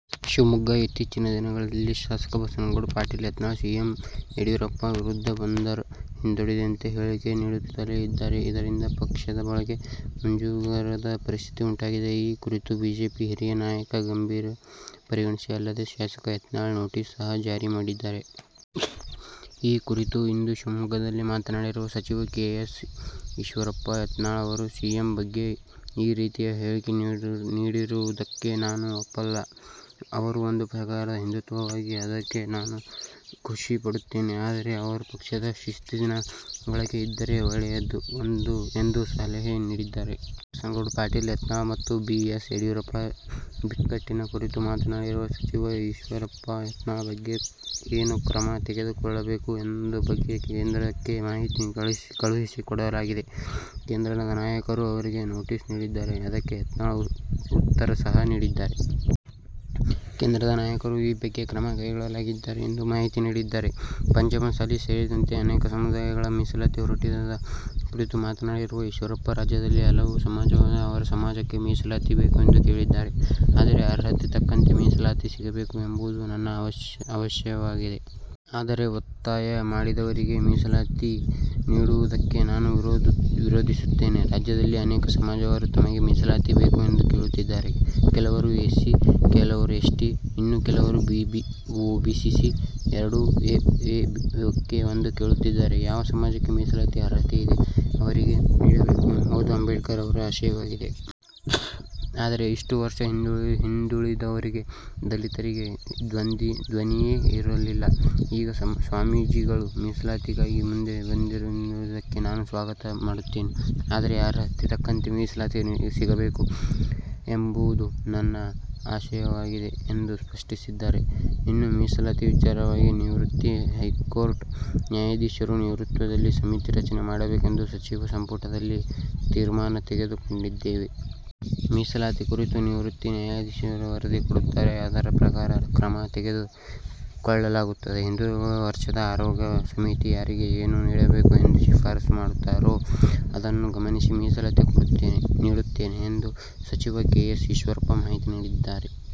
ಶಿವಮೊಗ್ಗ; ಇತ್ತೀಚಿನ ದಿನಗಳಲ್ಲಿ ಶಾಸಕ ಬಸನಗೌಡ ಪಾಟೀಲ್ ಯತ್ನಾಳ್ ಸಿಎಂ ಯಡಿಯೂರಪ್ಪ ವಿರುದ್ದ ಒಂದರ ಹಿಂದೊಂದರಂತೆ ಹೇಳಿಕೆ ನೀಡುತ್ತಲೇ ಇದ್ದಾರೆ. ಇದರಿಂದ ಪಕ್ಷದ ಒಳಗೆ ಮುಜುಗರದ ಪರಿಸ್ಥಿತಿ ಉಂಟಾಗಿದೆ. ಈ ಕುರಿತು ಬಿಜೆಪಿ ಹಿರಿಯ ನಾಯಕರು ಗಂಭೀರವಾಗಿ ಪರಿಗಣಿಸಿದ್ದಾರೆ. ಅಲ್ಲದೆ, ಶಾಸಕ ಯತ್ನಾಳ್ಗೆ ನೊಟೀಸ್ ಸಹ ಜಾರಿ ಮಾಡಿದ್ದಾರೆ. ಈ ಕುರಿತು ಇಂದು ಶಿವಮೊಗ್ಗದಲ್ಲಿ ಮಾತನಾಡಿರುವ ಸಚಿವ ಕೆ. ಎಸ್. ಈಶ್ವರಪ್ಪ, "ಯತ್ನಾಳ್ ಅವರು ಸಿಎಂ ಬಗ್ಗೆ ಈ ರೀತಿಯ ಹೇಳಿಕೆ ನೀಡುವುದಕ್ಕೆ ನಾನು ಒಪ್ಪಲ್ಲ. ಅವರು ಒಂದು ಪ್ರಕಾರದ ಹಿಂದೂತ್ವವಾದಿ ಅದಕ್ಕೆ ನಾನು ಖುಷಿ ಪಡುತ್ತೇನೆ. ಆದರೆ, ಅವರು ಪಕ್ಷದ ಶಿಸ್ತಿನ ಒಳಗೆ ಇದ್ದರೆ ಒಳ್ಳೆಯದು" ಎಂದು ಸಲಹೆ ನೀಡಿದ್ದಾರೆ. ಬಸನಗೌಡ ಪಾಟೀಲ್ ಯತ್ನಾಳ್ ಮತ್ತು ಬಿ. ಎಸ್. ಯಡಿಯೂರಪ್ಪ ಬಿಕ್ಕಟ್ಟಿನ ಕುರಿತು ಮಾತನಾಡಿರುವ ಸಚಿವ ಈಶ್ವರಪ್ಪ, "ಯತ್ನಾಳ್ ಬಗ್ಗೆ ಏನು ಕ್ರಮ ತೆಗೆದು ಕೊಳ್ಳಬೇಕು? ಎಂಬ ಬಗ್ಗೆ ಕೇಂದ್ರಕ್ಕೆ ಮಾಹಿತಿ ಕಳುಹಿಸಿ ಕೊಡಲಾಗಿದೆ. ಕೇಂದ್ರದ ನಾಯಕರು ಅವರಿಗೆ ನೋಟಿಸ್ ನೀಡಿದ್ದಾರೆ. ಅದಕ್ಕೆ ಯತ್ನಾಳ್ ಉತ್ತರ ಸಹ ನೀಡಿದ್ದಾರೆ. ಕೇಂದ್ರದ ನಾಯಕರು ಈ ಬಗ್ಗೆ ಕ್ರಮ ಕೈಗೊಳ್ಳಲಿದ್ದಾರೆ" ಎಂದು ಮಾಹಿತಿ ನೀಡಿದ್ದಾರೆ. ಪಂಚಮಸಾಲಿ ಸೇರಿದಂತೆ ಅನೇಕ ಸಮುದಾಯಗಳ ಮೀಸಲಾತಿ ಹೋರಾಟದ ಕುರಿತು ಮಾತನಾಡಿರುವ ಈಶ್ವರಪ್ಪ, "ರಾಜ್ಯದಲ್ಲಿ ಹಲವು ಸಮಾಜದವರು ಅವರ ಸಮಾಜಕ್ಕೆ ಮೀಸಲಾತಿ ಬೇಕು ಎಂದು ಕೇಳುತ್ತಿದ್ದಾರೆ. ಆದರೆ ಅರ್ಹತೆ ತಕ್ಕಂತೆ ಮೀಸಲಾತಿ ಸಿಗಬೇಕು ಎಂಬುದು ನನ್ನ ಆಶಯವಾಗಿದೆ. ಆದರೆ, ಒತ್ತಾಯ ಮಾಡಿದವರಿಗೆ ಮೀಸಲಾತಿ ನೀಡುವುದಕ್ಕೆ ನಾನು ವಿರೋಧಿಸುತ್ತೇನೆ. ರಾಜ್ಯದಲ್ಲಿ ಅನೇಕ ಸಮಾಜದವರು ತಮಗೆ ಮೀಸಲಾತಿ ಬೇಕು ಎಂದು ಕೇಳುತ್ತಿದ್ದಾರೆ. ಕೆಲವರು ಎಸ್ಸಿ, ಕೆಲವರು ಎಸ್ಟಿ, ಇನ್ನು ಕೆಲವರು ಒಬಿಸಿ, ಎರಡು ಎ ಬೇಕು ಅಂತ ಕೇಳುತ್ತಿದ್ದಾರೆ. ಯಾವ ಸಮಾಜಕ್ಕೆ ಮೀಸಲಾತಿಯ ಅರ್ಹತೆ ಇದೆ ಅವರಿಗೆ ನೀಡಬೇಕು ಎಂಬುದು ಅಂಬೇಡ್ಕರ್ ಅವರ ಆಶಯವಾಗಿದೆ. ಆದರೆ ಇಷ್ಟು ವರ್ಷ ಹಿಂದುಳಿದವರಿಗೆ ದಲಿತರಿಗೆ ಧ್ವನಿಯೇ ಇರಲಿಲ್ಲ. ಈಗ ಸ್ವಾಮೀಜಿಗಳು ಮೀಸಲಾತಿಗಾಗಿ ಮುಂದೆ ಬಂದಿರುವುದಕ್ಕೆ ನಾನು ಸ್ವಾಗತ ಮಾಡುತ್ತೇನೆ. ಆದರೆ, ಅರ್ಹತೆ ತಕ್ಕಂತೆ ಮೀಸಲಾತಿ ಸಿಗಬೇಕು ಎಂಬುದು ನನ್ನ ಆಶಯವಾಗಿದೆ" ಎಂದು ಸ್ಪಷ್ಟಪಡಿಸಿದ್ದಾರೆ. "ಇನ್ನು ಮೀಸಲಾತಿ ವಿಚಾರವಾಗಿ ನಿವೃತ್ತ ಹೈಕೋರ್ಟ್ ನ್ಯಾಯಾಧೀಶರ ನೇತೃತ್ವದಲ್ಲಿ ಸಮಿತಿ ರಚನೆ ಮಾಡಬೇಕೆಂದು ಸಚಿವ ಸಂಪುಟದಲ್ಲಿ ತೀರ್ಮಾನ ತೆಗೆದು ಕೊಂಡಿದ್ದೇವೆ. ಮೀಸಲಾತಿ ಕುರಿತು ನಿವೃತ್ತ ನ್ಯಾಯಾಧೀಶರು ವರದಿ ಕೊಡುತ್ತಾರೆ. ಅದರ ಪ್ರಕಾರ ಕ್ರಮ ತೆಗೆದು ಕೊಳ್ಳಲಾಗುತ್ತದೆ. ಹಿಂದುಳಿದ ವರ್ಗದ ಆಯೋಗ ಸಮಿತಿ ಯಾರಿಗೆ ಏನು ನೀಡಬೇಕು ಎಂದು ಶಿಫಾರಸು ಮಾಡುತ್ತಾರೋ ಅದನ್ನು ಗಮನಿಸಿ ಮೀಸಲಾತಿ ನೀಡುತ್ತೇವೆ" ಎಂದು ಸಚಿವ ಕೆ. ಎಸ್. ಈಶ್ವರಪ್ಪ ಮಾಹಿತಿ ನೀಡಿದ್ದಾರೆ.